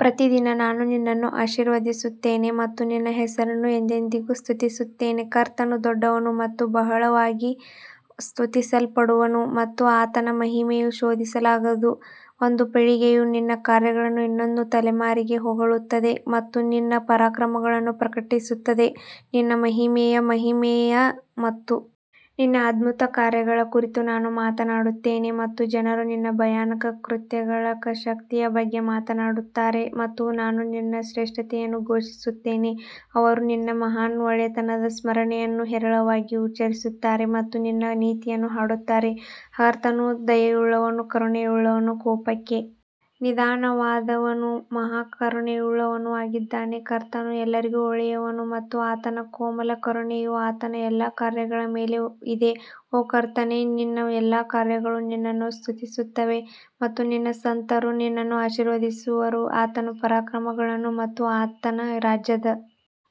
ಪ್ರತಿದಿನ ನಾನು ನಿನ್ನನ್ನು ಆಶೀರ್ವದಿಸುತ್ತೇನೆ ಮತ್ತು ನಿನ್ನ ಹೆಸರನ್ನು ಎಂದೆಂದಿಗೂ ಸ್ತುತಿಸುತ್ತೇನೆ ಕರ್ತನು ದೊಡ್ಡವನು ಮತ್ತು ಬಹಳವಾಗಿ ಸ್ತುತಿಸಲ್ಪಡುವನು ಮತ್ತು ಆತನ ಮಹಿಮೆಯು ಶೋಧಿಸಲಾಗದು ಒಂದು ಪೀಳಿಗೆಯು ನಿನ್ನ ಕಾರ್ಯಗಳನ್ನು ಇನ್ನೊಂದು ತಲೆಮಾರಿಗೆ ಹೊಗಳುತ್ತದೆ ಮತ್ತು ನಿನ್ನ ಪರಾಕ್ರಮಗಳನ್ನು ಪ್ರಕಟಿಸುತ್ತದೆ ನಿನ್ನ ಮಹಿಮೆಯ ಮಹಿಮೆಯ ಮತ್ತು ನಿನ್ನ ಅದ್ಭುತಕಾರ್ಯಗಳ ಕುರಿತು ನಾನು ಮಾತನಾಡುತ್ತೇನೆ ಮತ್ತು ಜನರು ನಿನ್ನ ಭಯಾನಕ ಕೃತ್ಯಗಳ ಶಕ್ತಿಯ ಬಗ್ಗೆ ಮಾತನಾಡುತ್ತಾರೆ ಮತ್ತು ನಾನು ನಿನ್ನ ಶ್ರೇಷ್ಠತೆಯನ್ನು ಘೋಷಿಸುತ್ತೇನೆ ಅವರು ನಿನ್ನ ಮಹಾನ್ ಒಳ್ಳೆಯತನದ ಸ್ಮರಣೆಯನ್ನು ಹೇರಳವಾಗಿ ಉಚ್ಚರಿಸುತ್ತಾರೆ ಮತ್ತು ನಿನ್ನ ನೀತಿಯನ್ನು ಹಾಡುತ್ತಾರೆ ಕರ್ತನು ದಯೆಯುಳ್ಳವನೂ ಕರುಣೆಯುಳ್ಳವನೂ ಕೋಪಕ್ಕೆ ನಿಧಾನವಾದವನೂ ಮಹಾ ಕರುಣೆಯುಳ್ಳವನೂ ಆಗಿದ್ದಾನೆ ಕರ್ತನು ಎಲ್ಲರಿಗೂ ಒಳ್ಳೆಯವನು ಮತ್ತು ಆತನ ಕೋಮಲ ಕರುಣೆಯು ಆತನ ಎಲ್ಲಾ ಕಾರ್ಯಗಳ ಮೇಲೆ ಇದೆ ಓ ಕರ್ತನೇ ನಿನ್ನ ಎಲ್ಲಾ ಕಾರ್ಯಗಳು ನಿನ್ನನ್ನು ಸ್ತುತಿಸುತ್ತವೆ ಮತ್ತು ನಿನ್ನ ಸಂತರು ನಿನ್ನನ್ನು ಆಶೀರ್ವದಿಸುವರು ಆತನ ಪರಾಕ್ರಮಗಳನ್ನು ಮತ್ತು ಆತನ ರಾಜ್ಯದ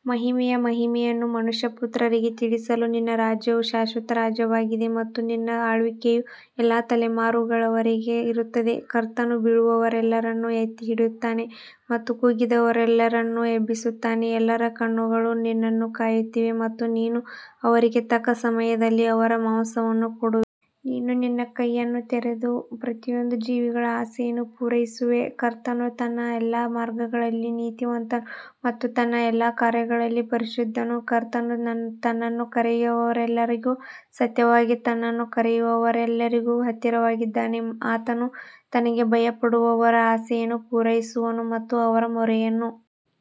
ಮಹಿಮೆಯ ಮಹಿಮೆಯನ್ನು ಮನುಷ್ಯಪುತ್ರರಿಗೆ ತಿಳಿಸಲು ನಿನ್ನ ರಾಜ್ಯವು ಶಾಶ್ವತ ರಾಜ್ಯವಾಗಿದೆ ಮತ್ತು ನಿನ್ನ ಆಳ್ವಿಕೆಯು ಎಲ್ಲಾ ತಲೆಮಾರುಗಳವರೆಗೆ ಇರುತ್ತದೆ ಕರ್ತನು ಬೀಳುವವರೆಲ್ಲರನ್ನು ಎತ್ತಿ ಹಿಡಿಯುತ್ತಾನೆ ಮತ್ತು ಕುಗ್ಗಿದವರೆಲ್ಲರನ್ನು ಎಬ್ಬಿಸುತ್ತಾನೆ ಎಲ್ಲರ ಕಣ್ಣುಗಳು ನಿನ್ನನ್ನು ಕಾಯುತ್ತಿವೆ ಮತ್ತು ನೀನು ಅವರಿಗೆ ತಕ್ಕ ಸಮಯದಲ್ಲಿ ಅವರ ಮಾಂಸವನ್ನು ಕೊಡುವೆ ನೀನು ನಿನ್ನ ಕೈಯನ್ನು ತೆರೆದು ಪ್ರತಿಯೊಂದು ಜೀವಿಗಳ ಆಸೆಯನ್ನು ಪೂರೈಸುವೆ ಕರ್ತನು ತನ್ನ ಎಲ್ಲಾ ಮಾರ್ಗಗಳಲ್ಲಿ ನೀತಿವಂತನು ಮತ್ತು ತನ್ನ ಎಲ್ಲಾ ಕಾರ್ಯಗಳಲ್ಲಿ ಪರಿಶುದ್ಧನು ಕರ್ತನು ತನ್ನನ್ನು ಕರೆಯುವವರೆಲ್ಲರಿಗೂ ಸತ್ಯವಾಗಿ ತನ್ನನ್ನು ಕರೆಯುವವರೆಲ್ಲರಿಗೂ ಹತ್ತಿರವಾಗಿದ್ದಾನೆ ಆತನು ತನಗೆ ಭಯಪಡುವವರ ಆಸೆಯನ್ನು ಪೂರೈಸುವನು ಮತ್ತು ಅವರ ಮೊರೆಯನ್ನು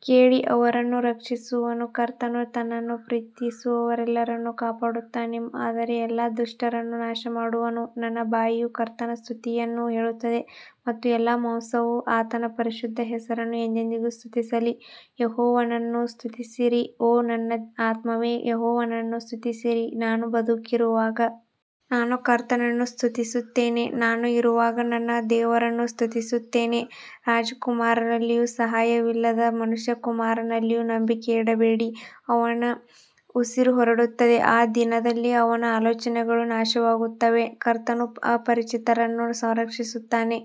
ಕೇಳಿ ಅವರನ್ನು ರಕ್ಷಿಸುವನು ಕರ್ತನು ತನ್ನನ್ನು ಪ್ರೀತಿಸುವವರೆಲ್ಲರನ್ನು ಕಾಪಾಡುತ್ತಾನೆ ಆದರೆ ಎಲ್ಲಾ ದುಷ್ಟರನ್ನು ನಾಶಮಾಡುವನು ನನ್ನ ಬಾಯಿಯು ಕರ್ತನ ಸ್ತುತಿಯನ್ನು ಹೇಳುತ್ತದೆ ಮತ್ತು ಎಲ್ಲಾ ಮಾಂಸವು ಆತನ ಪರಿಶುದ್ಧ ಹೆಸರನ್ನು ಎಂದೆಂದಿಗೂ ಸ್ತುತಿಸಲಿ ಯೆಹೋವನನ್ನು ಸ್ತುತಿಸಿರಿ ಓ ನನ್ನ ಆತ್ಮವೇ ಯೆಹೋವನನ್ನು ಸ್ತುತಿಸಿರಿ ನಾನು ಬದುಕಿರುವಾಗ ನಾನು ಕರ್ತನನ್ನು ಸ್ತುತಿಸುತ್ತೇನೆ, ನಾನು ಇರುವಾಗ ನನ್ನ ದೇವರನ್ನು ಸ್ತುತಿಸುತ್ತೇನೆ ರಾಜಕುಮಾರರಲ್ಲಿಯೂ ಸಹಾಯವಿಲ್ಲದ ಮನುಷ್ಯಕುಮಾರನಲ್ಲಿಯೂ ನಂಬಿಕೆ ಇಡಬೇಡಿ ಅವನ ಉಸಿರು ಹೊರಡುತ್ತದೆ ಆ ದಿನದಲ್ಲಿ ಅವನ ಆಲೋಚನೆಗಳು ನಾಶವಾಗುತ್ತವೆ ಕರ್ತನು ಅಪರಿಚಿತರನ್ನು ಸಂರಕ್ಷಿಸುತ್ತಾನೆ,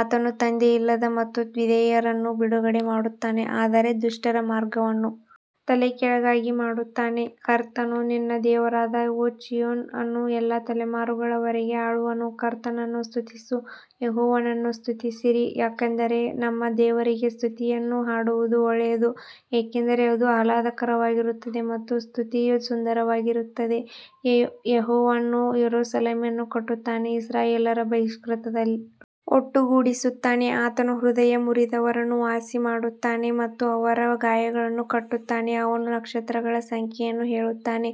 ಆತನು ತಂದೆಯಿಲ್ಲದ ಮತ್ತು ವಿಧವೆಯರನ್ನು ಬಿಡುಗಡೆ ಮಾಡುತ್ತಾನೆ ಆದರೆ ದುಷ್ಟರ ಮಾರ್ಗವನ್ನು ತಲೆಕೆಳಗಾಗಿ ಮಾಡುತ್ತಾನೆ ಕರ್ತನು ನಿನ್ನ ದೇವರಾದ ಓ ಚೀಯೋನ್ ಅನ್ನು ಎಲ್ಲಾ ತಲೆಮಾರುಗಳ ವರೆಗೆ ಆಳುವನು ಕರ್ತನನ್ನು ಸ್ತುತಿಸು ಯೆಹೋವನನ್ನು ಸ್ತುತಿಸಿರಿ ಯಾಕಂದರೆ ನಮ್ಮ ದೇವರಿಗೆ ಸ್ತುತಿಯನ್ನು ಹಾಡುವುದು ಒಳ್ಳೆಯದು ಏಕೆಂದರೆ ಅದು ಆಹ್ಲಾದಕರವಾಗಿರುತ್ತದೆ ಮತ್ತು ಸ್ತುತಿಯು ಸುಂದರವಾಗಿರುತ್ತದೆ ಯೆಹೋವನು ಯೆರೂಸಲೇಮನ್ನು ಕಟ್ಟುತ್ತಾನೆ, ಇಸ್ರಾಯೇಲ್ಯರ ಬಹಿಷ್ಕೃತರನ್ನು ಒಟ್ಟುಗೂಡಿಸುತ್ತಾನೆ ಆತನು ಹೃದಯ ಮುರಿದವರನ್ನು ವಾಸಿಮಾಡುತ್ತಾನೆ ಮತ್ತು ಅವರ ಗಾಯಗಳನ್ನು ಕಟ್ಟುತ್ತಾನೆ ಅವನು ನಕ್ಷತ್ರಗಳ ಸಂಖ್ಯೆಯನ್ನು ಹೇಳುತ್ತಾನೆ,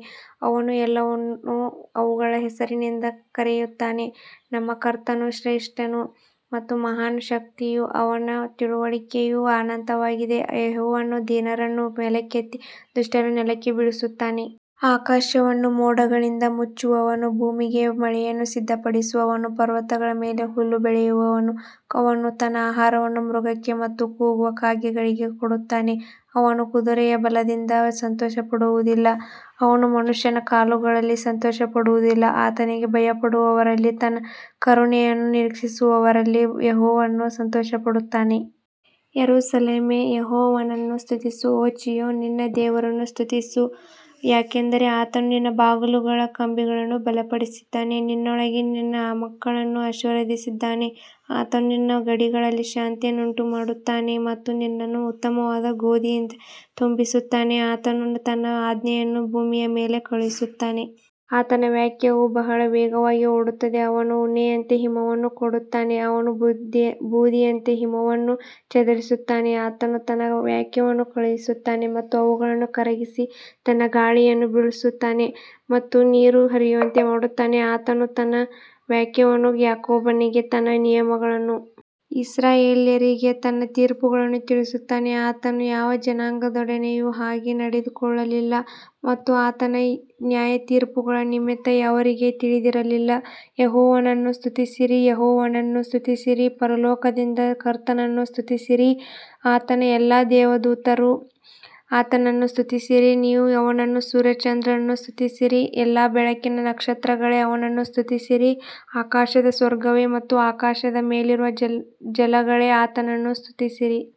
ಅವನು ಎಲ್ಲವನ್ನೂ ಅವುಗಳ ಹೆಸರಿನಿಂದ ಕರೆಯುತ್ತಾನೆ ನಮ್ಮ ಕರ್ತನು ಶ್ರೇಷ್ಠನು ಮತ್ತು ಮಹಾನ್ ಶಕ್ತಿಯು ಅವನ ತಿಳುವಳಿಕೆಯು ಅನಂತವಾಗಿದೆ ಯೆಹೋವನು ದೀನರನ್ನು ಮೇಲಕ್ಕೆತ್ತಿ ದುಷ್ಟರನ್ನು ನೆಲಕ್ಕೆ ಬೀಳಿಸುತ್ತಾನೆ ಆಕಾಶವನ್ನು ಮೋಡಗಳಿಂದ ಮುಚ್ಚುವವನು ಭೂಮಿಗೆ ಮಳೆಯನ್ನು ಸಿದ್ಧಪಡಿಸುವವನು ಪರ್ವತಗಳ ಮೇಲೆ ಹುಲ್ಲು ಬೆಳೆಯುವವನು ಅವನು ತನ್ನ ಆಹಾರವನ್ನು ಮೃಗಕ್ಕೆ ಮತ್ತು ಕೂಗುವ ಕಾಗೆಗಳಿಗೆ ಕೊಡುತ್ತಾನೆ ಅವನು ಕುದುರೆಯ ಬಲದಿಂದ ಸಂತೋಷಪಡುವುದಿಲ್ಲ, ಅವನು ಮನುಷ್ಯನ ಕಾಲುಗಳಲ್ಲಿ ಸಂತೋಷಪಡುವುದಿಲ್ಲ ಆತನಿಗೆ ಭಯಪಡುವವರಲ್ಲಿ ತನ್ನ ಕರುಣೆಯನ್ನು ನಿರೀಕ್ಷಿಸುವವರಲ್ಲಿ ಯೆಹೋವನು ಸಂತೋಷಪಡುತ್ತಾನೆ ಯೆರೂಸಲೇಮೇ ಯೆಹೋವನನ್ನು ಸ್ತುತಿಸು ಓ ಚೀಯೋನ್ ನಿನ್ನ ದೇವರನ್ನು ಸ್ತುತಿಸು ಯಾಕಂದರೆ ಆತನು ನಿನ್ನ ಬಾಗಲುಗಳ ಕಂಬಿಗಳನ್ನು ಬಲಪಡಿಸಿದ್ದಾನೆ ನಿನ್ನೊಳಗೆ ನಿನ್ನ ಮಕ್ಕಳನ್ನು ಆಶೀರ್ವದಿಸಿದ್ದಾನೆ ಆತನು ನಿನ್ನ ಗಡಿಗಳಲ್ಲಿ ಶಾಂತಿಯನ್ನುಂಟುಮಾಡುತ್ತಾನೆ ಮತ್ತು ನಿನ್ನನ್ನು ಉತ್ತಮವಾದ ಗೋಧಿಯಿಂದ ತುಂಬಿಸುತ್ತಾನೆ ಆತನು ತನ್ನ ಆಜ್ಞೆಯನ್ನು ಭೂಮಿಯ ಮೇಲೆ ಕಳುಹಿಸುತ್ತಾನೆ ಆತನ ವಾಕ್ಯವು ಬಹಳ ವೇಗವಾಗಿ ಓಡುತ್ತದೆ ಅವನು ಉಣ್ಣೆಯಂತೆ ಹಿಮವನ್ನು ಕೊಡುತ್ತಾನೆ, ಅವನು ಬೂದಿಯಂತೆ ಹಿಮವನ್ನು ಚದುರಿಸುತ್ತಾನೆ ಆತನು ತನ್ನ ವಾಕ್ಯವನ್ನು ಕಳುಹಿಸುತ್ತಾನೆ ಮತ್ತು ಅವುಗಳನ್ನು ಕರಗಿಸಿ ತನ್ನ ಗಾಳಿಯನ್ನು ಬೀಸುತ್ತಾನೆ ಮತ್ತು ನೀರು ಹರಿಯುವಂತೆ ಮಾಡುತ್ತಾನೆ ಆತನು ತನ್ನ ವಾಕ್ಯವನ್ನು ಯಾಕೋಬನಿಗೆ ತನ್ನ ನಿಯಮಗಳನ್ನೂ ಇಸ್ರಾಯೇಲ್ಯರಿಗೆ ತನ್ನ ತೀರ್ಪುಗಳನ್ನೂ ತಿಳಿಸುತ್ತಾನೆ ಆತನು ಯಾವ ಜನಾಂಗದೊಡನೆಯೂ ಹಾಗೆ ನಡೆದುಕೊಳ್ಳಲಿಲ್ಲ ಮತ್ತು ಆತನ ನ್ಯಾಯತೀರ್ಪುಗಳ ನಿಮಿತ್ತ ಅವರಿಗೆ ತಿಳಿದಿರಲಿಲ್ಲ, ಯೆಹೋವನನ್ನು ಸ್ತುತಿಸಿರಿ ಯೆಹೋವನನ್ನು ಸ್ತುತಿಸಿರಿ ಪರಲೋಕದಿಂದ ಕರ್ತನನ್ನು ಸ್ತುತಿಸಿರಿ ಆತನ ಎಲ್ಲಾ ದೇವದೂತರು ಆತನನ್ನು ಸ್ತುತಿಸಿರಿ ನೀವು ಅವನನ್ನು ಸೂರ್ಯ ಚಂದ್ರರನ್ನು ಸ್ತುತಿಸಿರಿ, ಎಲ್ಲಾ ಬೆಳಕಿನ ನಕ್ಷತ್ರಗಳೇ ಅವನನ್ನು ಸ್ತುತಿಸಿರಿ ಆಕಾಶದ ಸ್ವರ್ಗವೇ ಮತ್ತು ಆಕಾಶದ ಮೇಲಿರುವ ಜಲಗಳೇ ಆತನನ್ನು ಸ್ತುತಿಸಿರಿ.